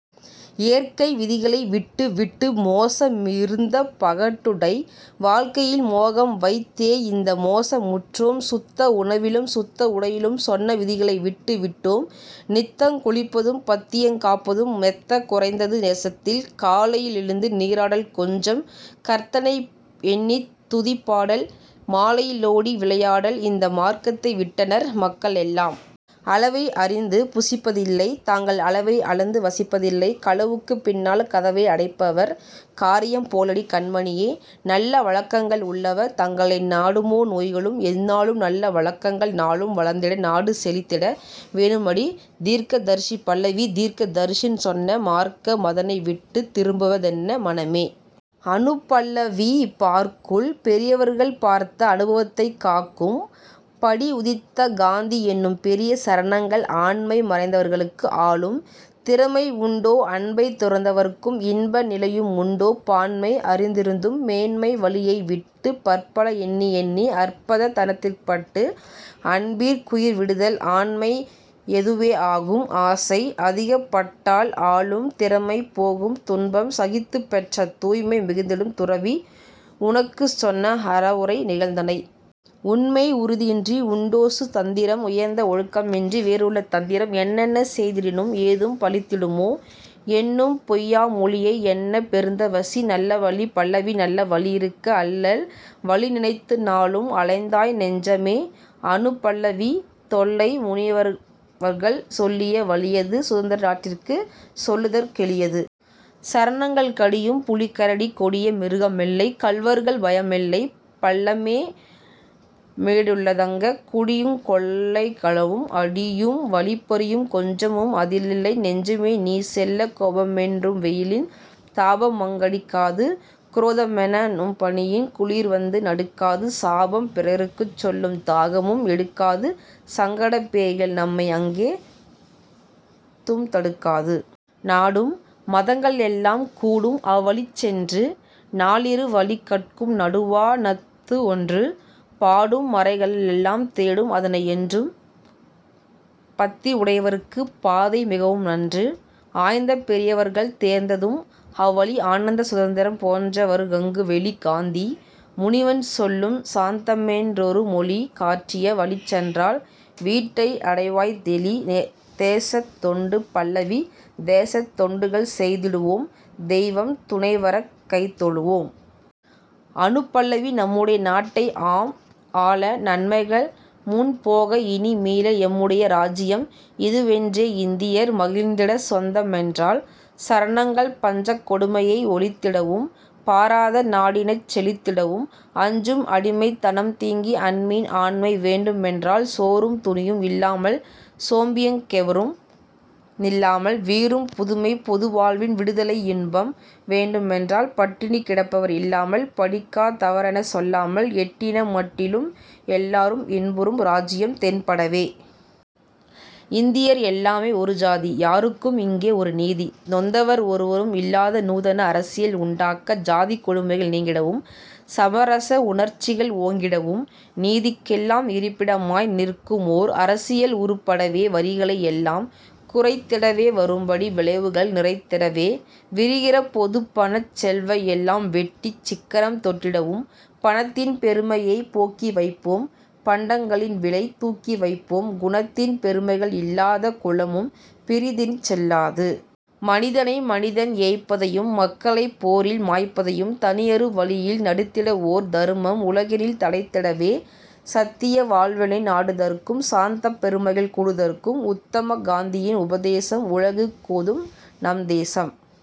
இயற்கை விதிகளை விட்டுவிட்டு மோச மிருந்த பகட்டுடை வாழ்க்கையில் மோகம்வைத் தேஇந்த மோசமுற்றோம்! சுத்த உணவிலும் சுத்த உடையிலும் சொன்ன விதிகளை விட்டு விட்டோம்; நித்தங் குளிப்பதும் பத்தியங் காப்பதும் மெத்தக் குறைந்தது தேசத்திலே. காலையி லெழுந்து நீராடல் கொஞ்சம் கர்த்தனை யெண்ணித் துதிபாடல் மாலையி லோடி விளையாடல் இந்த மார்க்கத்தை விட்டனர் மக்களெல்லாம். அளவை யறிந்து புசிப்பதில்லை தங்கள் அளவை யளந்து வசிப்பதில்லை களவுக்குப் பின்னால் கதவை அடைப்பவர் காரியம் போலடி கண்மணியே! நல்ல வழக்கங்கள் உள்ளவர் தங்களை நாடுமோ நோய்களும் எந்நாளும்? நல்ல வழக்கங்கள் நாளும் வளர்ந்திட நாடு செழித்திட வேணுமடி.. தீர்க்கதரிசி பல்லவி தீர்க்க தரிசிசொன்ன மார்க்க மதனைவிட்டுத் திரும்புவ தென்ன மனமே! அநுபல்லவி பார்க்குள் பெரியவர்கள் பார்த்த அனுபவத்தைக் காக்கும் படியுதித்த காந்தி யெனும்பெரிய சரணங்கள் ஆண்மை மறந்தவர்க்கும் ஆளும் திறமையுண்டோ? அன்பைத் துறந்தவர்க்கும் இன்ப நிலையுமுண்டோ? பான்மை அறிந்திருந்தும் மேன்மை வழியைவிட்டுப் பற்பல எண்ணிஎண்ணி அற்பத் தனத்திற்பட்டு அன்பிற் குயிர்விடுதல் ஆண்மை யதுவேயாகும்; ஆசை அதிகப்பட்டால் ஆளும் திறமைபோகும்; துன்பம் சகித்துப்பெற்ற தூய்மை மிகுந்திடும் துறவி உனக்குச்சொன்ன அறவுரை இகழ்ந்தனை. உண்மை யுறுதியின்றி உண்டோசு தந்தரம்? உயர்ந்த ஒழுக்கமின்றி வேறுள்ள தந்திரம் என்னென்ன செய்திடினும் ஏதும் பலித்திடுமோ? என்னும்பொய் யாமொழியைச் சொன்ன பெருந்தவசி. நல்ல வழி பல்லவி நல்ல வழியிருக்க அல்லல் வழிநினைத்து நாளும் அலைந்தாய் நெஞ்சமே! அநுபல்லவி தொல்லை முனிவரர்கள் சொல்லிய வழியது சுதந்தர நாட்டிற்குச் சொல்லுதற் கெளியது. சரணங்கள் கடியும் புலிகரடி கொடிய மிருகமில்லை கள்வர்கள் பயமில்லை பள்ளம்மே டுள்ளதல்ல குடியுங் கொலைகளவும் அடியும் வழிப்பறியும் கொஞ்சமும் அதிலில்லை நெஞ்சமே நீசெல்ல. கோபமென் னும்வெயிலின் தாபமங் கடிக்காது குரோதமெ னும்பனியின் குளிர்வந்து நடுக்காது சாபம் பிறர்க்குச்சொல்லும் தாகமும் எடுக்காது சங்கடப் பேய்கள்நம்மை அங்கே தும் தடுக்காது. நாடும் மதங்களெல்லாம் கூடும்அவ் வழிசென்று நாலிரு வழிகட்கும் நடுவா னத்துவொன்று பாடும் மறைகளெல்லாம் தேடும் அதனையென்றும் பத்தி யுடையவர்க்குப் பாதை மிகவும்நன்று. ஆய்ந்த பெரியவர்கள் தேர்ந்ததும் அவ்வழி ஆனந்த சுதந்தரம் போனவர்க் கங்குவெளி காந்தி முனிவன்சொல்லும் சாந்தமென் றொருமொழி காட்டிய வழிசென்றால் வீட்டை யடைவாய்தெளி.. தேசத் தொண்டு பல்லவி தேசத் தொண்டுகள் செய்திடுவோம் தெய்வம் துணைவரக் கைதொழுவோம். அநுபல்லவி நம்முடை நாட்டை நாம்ஆள நன்மைகள் முன்போக் இனிமீள எம்முடைய ராஜ்ஜியம் இதுவென்றே இந்தியர் மகிழ்ந்திடச் சொந்தமென்றால். சரணங்கள் பஞ்சக் கொடுமையை ஒழித்திடவும் பாரத நாடினிச் செழித்திடவும் அஞ்சும் அடிமைத் தனம்நீங்கி அன்பின் ஆண்மை வேண்டுமென்றால் சோறும் துணியும் இல்லாமல் சோம்பியங் கெவரும் நில்லாமல் வீறும் புதுமைப் பொதுவாழ்வின் விடுதலை யின்பம் வேண்டுமென்றால் பட்டினி கிடப்பவர் இல்லாமல் படிக்கா தவரெனச் சொல்லாமல் எட்டின மட்டிலும் எல்லாரும் இன்புறும் ராஜ்ஜியம் தென்படவே. இந்தியர் எல்லாம ஒருஜாதி யாருக்கும் இங்கே ஒருநீதி நொந்தவர் ஒருவரும் இல்லாத நூதன அரசியல் உண்டாக்க ஜாதிக் கொடுமைகள் நீங்கிடவும் சமரச உணர்ச்சிகள் ஓங்கிடவும் நீதிக் கெல்லாம் இருப்பிடமாய் நிற்குமோர் அரசியல் உருப்படவே வரிகளை யெல்லாம் குறைத்திடவே வரும்படி விளைவுகள் நிறைத்திடவே விரிகிற பொதுப்பணச் செல்வையெல்லாம் வெட்டிச் சிக்கனம் தொட்டிடவும் பணத்தின் பெருமையைப் போக்கிவைப்போம் பண்டங் களின்விலை தூக்கிவைப்போம் குணத்தின் பெருமைகள் இல்லாத குலமும் பிறிதினிச் செல்லாது. மனிதனை மனிதன் ஏய்ப்பதையும் மக்களைப் போரில் மாய்ப்பதையும் தனியரு வழியில் தடுத்திடஓர் தருமம் உலகினில் தழைத்திடவே. சத்திய வாழ்வினை நாடுதற்கும் சாந்தப் பெருமைகள் கூடுதற்கும் உத்தமக் காந்தியின் உபதேசம் உலகுக் கோதும் நம்தேசம்.